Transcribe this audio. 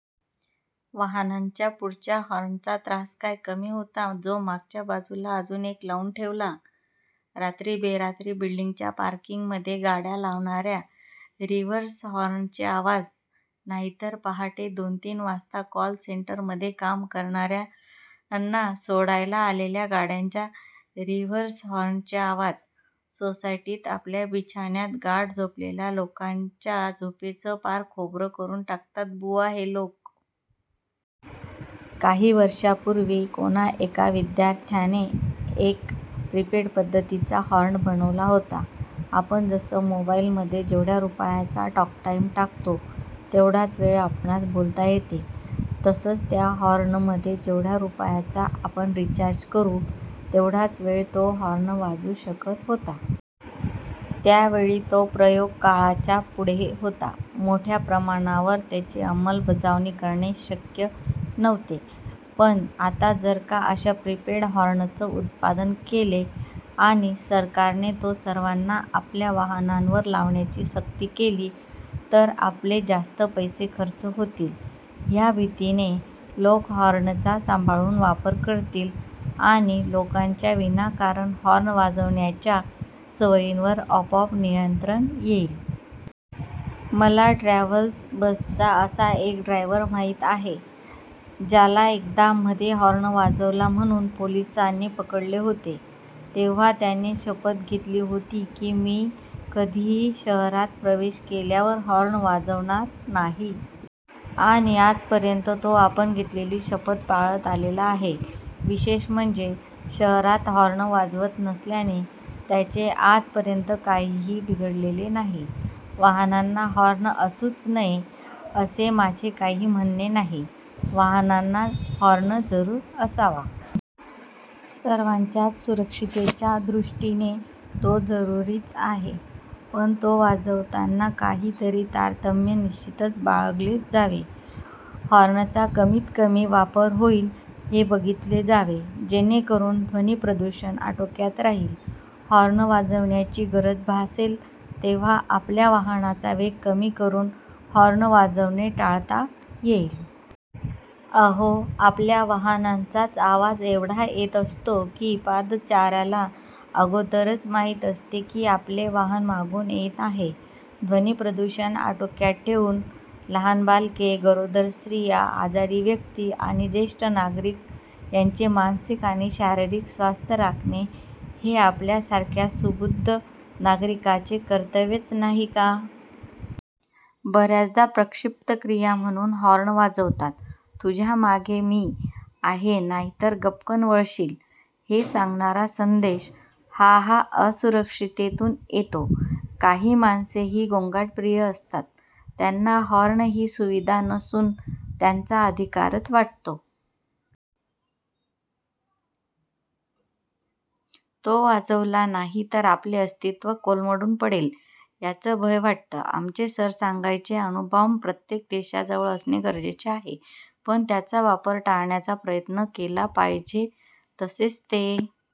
वाहनांच्या पुढच्या हॉर्नचा त्रास काय कमी होता जो मागच्या बाजूला अजून एक लाऊन ठेवला. रात्री बेरात्री बिल्डिंगच्या पार्किंगमध्ये गाडया लावणाऱ्यांचे रिव्हर्स हॉर्नचे आवाज, नाहीतर पहाटे दोन तीन वाजता कॉलसेंटरमध्ये काम करणार्यांना सोडायला आलेल्या गाड्यांच्या रिव्हर्स हॉर्नचे आवाज, सोसायटीत आपल्या बिछान्यात गाढ झोपलेल्या लोकांच्या झोपेचं पार खोबरं करून टाकतात बुवा हे लोक! काही वर्षांपूर्वी कोणा एका विद्यार्थ्याने एक प्रिपेड पद्धतीचा हॉर्न बनवला होता. आपण जसं मोबाईलमध्ये जेवढ्या रुपयांचा टॉकटाईम टाकतो तेवढाच वेळ आपणांस बोलता येते. तसंच त्या हॉर्नमध्ये जेवढ्या रुपयांचा आपण रिचार्ज करू, तेवढाच वेळ तो हॉर्न वाजू शकत होता. त्यावेळी तो प्रयोग काळाच्या पुढे होता. मोठ्या प्रमाणावर त्याची अंमलबजावणी करणे शक्य नव्हते. पण आता जरका अशा प्रीपेड हॉर्नचं उत्पादन केले आणि सरकारने तो सर्वांना आपल्या वाहनावर लावण्याची सक्ती केली, तर आपले जास्त पैसे खर्च होतील ह्या भीतीने लोकं हॉर्नचा सांभाळून वापर करतील आणि लोकांच्या विनाकारण हॉर्न वाजवण्याच्या सवयींवर आपोआप नियंत्रण येईल. मला ट्रॅव्हलस् बसचा असा एक ड्रायव्हर माहित आहे, ज्याला एकदा '' मध्ये हॉर्न वाजवला म्हणून पोलिसाने पकडले होते. तेव्हा त्याने शपथ घेतली होती कि मी कधीही शहरात प्रवेश केल्यावर हॉर्न वाजवणार नाही. आणि आजपर्यंत तो आपण घेतलेली शपथ पाळत आलेला आहे. विशेष म्हणजे, शहरात हॉर्न वाजवत नसल्याने त्याचे आजपर्यंत काहीही बिघडलेले नाही. वाहनांना हॉर्न असूच नये असे माझे काही म्हणणे नाही. वाहनांना हॉर्न जरूर असावा. सर्वांच्याच सुरक्षिततेच्या दृष्टीने तो जरुरीच आहे. पण तो वाजवताना काहीतरी तारतम्य निश्चितच बाळगले जावे. हॉर्नचा कमीतकमी वापर होईल हे बघितले जावे, जेणेकरून ध्वनीप्रदूषण आटोक्यात राहील. हॉर्न वाजवण्याची गरज भासेल तेव्हा आपल्या वाहनाचा वेग कमी करून हॉर्न वाजवणे टाळता येईल. अहो, आपल्या वाहनाचाच आवाज एवढा येत असतो कि पादचाऱ्याला अगोदरच माहित असते कि आपले वाहन मागून येत आहे. ध्वनीप्रदूषण आटोक्यात ठेऊन, लहान बालके, गरोदर स्त्रिया, आजारी व्यक्ती आणि ज्येष्ठ नागरिक यांचे मानसिक आणि शारीरिक स्वास्थ्य राखणे हे आपल्यासारख्या सुबुद्ध नागरिकांचे कर्तव्यच नाही का? बर्याचदा प्रतिक्षिप्त क्रिया म्हणुन हॉर्न वाजवतात. तुझ्या मागे मी आहे नाहीतर गपकन वळशील हे सांगणारा संदेश हा हा असुरक्षिततेतुन येतो. काही माणसे ही गोंगाटप्रिय असतात त्यांना हॉर्न ही सुविधा नसुन त्यांचा अधिकारच वाटतो. तो वाजवला नाही तर आपले अस्तित्व कोलमडून पडेल याच भय वाटत. आमचे सर सांगायचे अणुबॉम्ब प्रत्येक देशाजवळ असणे गरजेचे आहे, पण त्याचा वापर टाळण्याचा प्रयत्न केला पाहिजेतसेच ते